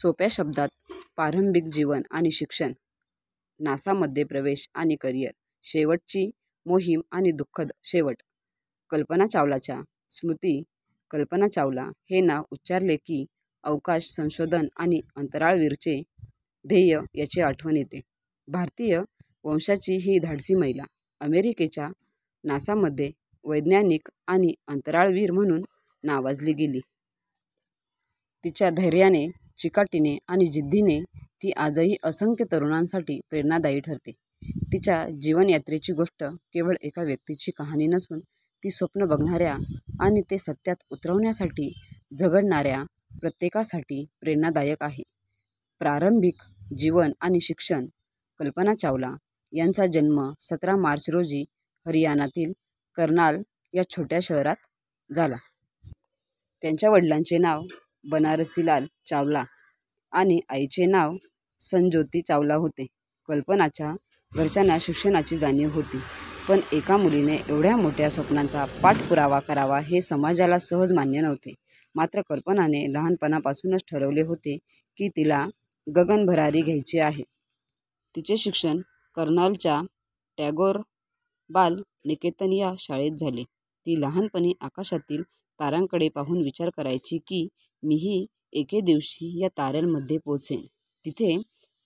सोप्या शब्दात प्रारंभिक जीवन आणि शिक्षण, नासामध्ये प्रवेश आणि करिअर, शेवटची मोहिम आणि दुःखद शेवट, कल्पना चावलाच्या स्मृती, कल्पना चावला हे नाव उच्चारले की, अवकाश संशोधन आणि अंतराळवीरांचे ध्येय याची आठवण येते. भारतीय वंशाची ही धाडसी महिला अमेरिकेच्या नासामध्ये वैज्ञानिक आणि अंतराळवीर म्हणून नावाजली गेली. तिच्या धैर्याने, चिकाटीने आणि जिद्दीने ती आजही असंख्य तरुणांसाठी प्रेरणादायी ठरते. तिच्या जीवनयात्रेची गोष्ट केवळ एका व्यक्तीची कहाणी नसून ती स्वप्न बघणाऱ्या आणि ते सत्यात उतरवण्यासाठी झगडणाऱ्या प्रत्येकासाठी प्रेरणादायक आहे. प्रारंभिक जीवन आणि शिक्षण, कल्पना चावला यांचा जन्म सतरा मार्च रोजी हरियाणातील कर्नाल या छोट्या शहरात झाला. त्यांच्या वडिलांचे नाव बनारसीलाल चावला आणि आईचे नाव संज्योती चावला होते. कल्पनाच्या घरच्यांना शिक्षणाची जाणीव होती, पण एका मुलीने एवढ्या मोठ्या स्वप्नांचा पाठपुरावा करावा, हे समाजाला सहज मान्य नव्हते. मात्र, कल्पनाने लहानपणापासूनच ठरवले होते की, तिला गगनभरारी घ्यायची आहे. तिचे शिक्षण कर्नालच्या टॅगोर बाल निकेतन या शाळेत झाले. ती लहानपणी आकाशातील ताऱ्यांकडे पाहून विचार करायची की, मीही एके दिवशी या ताऱ्यांमध्ये पोहोचेन. तिचे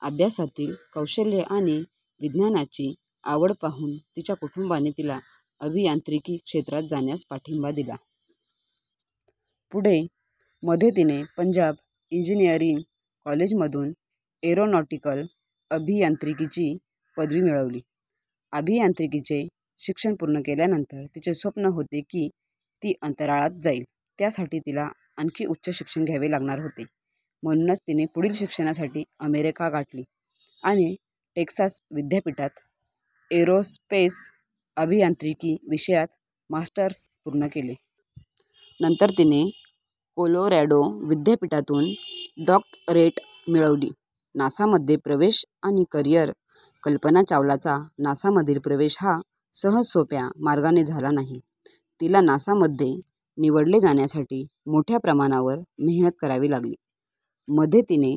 अभ्यासातील कौशल्य आणि विज्ञानाची आवड पाहून तिच्या कुटुंबाने तिला अभियांत्रिकी क्षेत्रात जाण्यास पाठिंबा दिला. पुढे, मध्ये तिने पंजाब इंजिनिअरिंग कॉलेजमधून एरोनॉटिकल अभियांत्रिकीची पदवी मिळवली. अभियांत्रिकीचे शिक्षण पूर्ण केल्यानंतर तिचे स्वप्न होते की, ती अंतराळात जाईल. त्यासाठी तिला आणखी उच्च शिक्षण घ्यावे लागणार होते. म्हणूनच तिने पुढील शिक्षणासाठी अमेरिका गाठली आणि टेक्सास विद्यापीठात एरोस्पेस अभियांत्रिकी विषयात मास्टर्स पूर्ण केले. नंतर तिने कोलोरॅडो विद्यापीठातून डॉक्टरेट मिळवली. नासामध्ये प्रवेश आणि करिअर, कल्पना चावलाचा नासामधील प्रवेश हा सहजसोप्या मार्गाने झाला नाही. तिला नासामध्ये निवडले जाण्यासाठी मोठ्या प्रमाणावर मेहनत करावी लागली. मध्ये तिने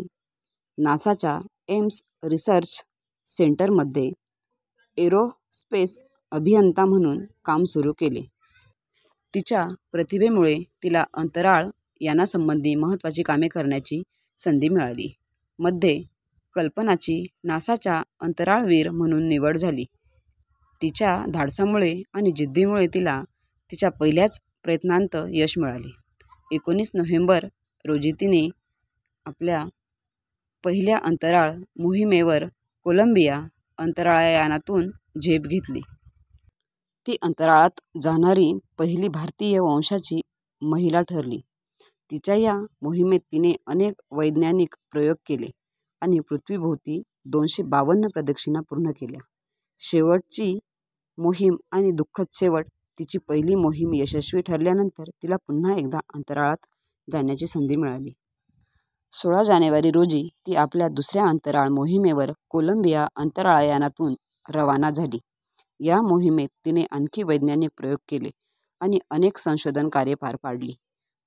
नासाच्या एम्स रिसर्च सेंटरमध्ये एरोस्पेस अभियंता म्हणून काम सुरू केले. तिच्या प्रतिभेमुळे तिला अंतराळ यानांसंबंधी महत्त्वाची कामे करण्याची संधी मिळाली. मध्ये, कल्पनाची नासाच्या अंतराळवीर म्हणून निवड झाली. तिच्या धाडसामुळे आणि जिद्दीमुळे तिला तिच्या पहिल्याच प्रयत्नात यश मिळाले. एकोणीस नोव्हेंबर रोजी तिने आपल्या पहिल्या अंतराळ मोहिमेवर कोलंबिया अंतराळयानातून झेप घेतली. ती अंतराळात जाणारी पहिली भारतीय वंशाची महिला ठरली. तिच्या या मोहिमेत तिने अनेक वैज्ञानिक प्रयोग केले आणि पृथ्वीभोवती दोनशे बावन्न प्रदक्षिणा पूर्ण केल्या. शेवटची मोहिम आणि दुःखद शेवट, तिची पहिली मोहीम यशस्वी ठरल्यानंतर तिला पुन्हा एकदा अंतराळात जाण्याची संधी मिळाली. सोळा जानेवारी रोजी ती आपल्या दुसऱ्या अंतराळ मोहिमेवर कोलंबिया अंतराळयानातून रवाना झाली. या मोहिमेत तिने आणखी वैज्ञानिक प्रयोग केले आणि अनेक संशोधन कार्ये पार पाडली.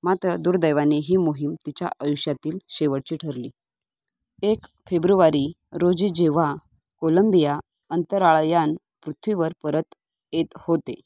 मात्र, दुर्दैवाने ही मोहीम तिच्या आयुष्यातील शेवटची ठरली. एक फेब्रुवारी रोजी जेव्हा कोलंबिया अंतराळयान पृथ्वीवर परत येत होते,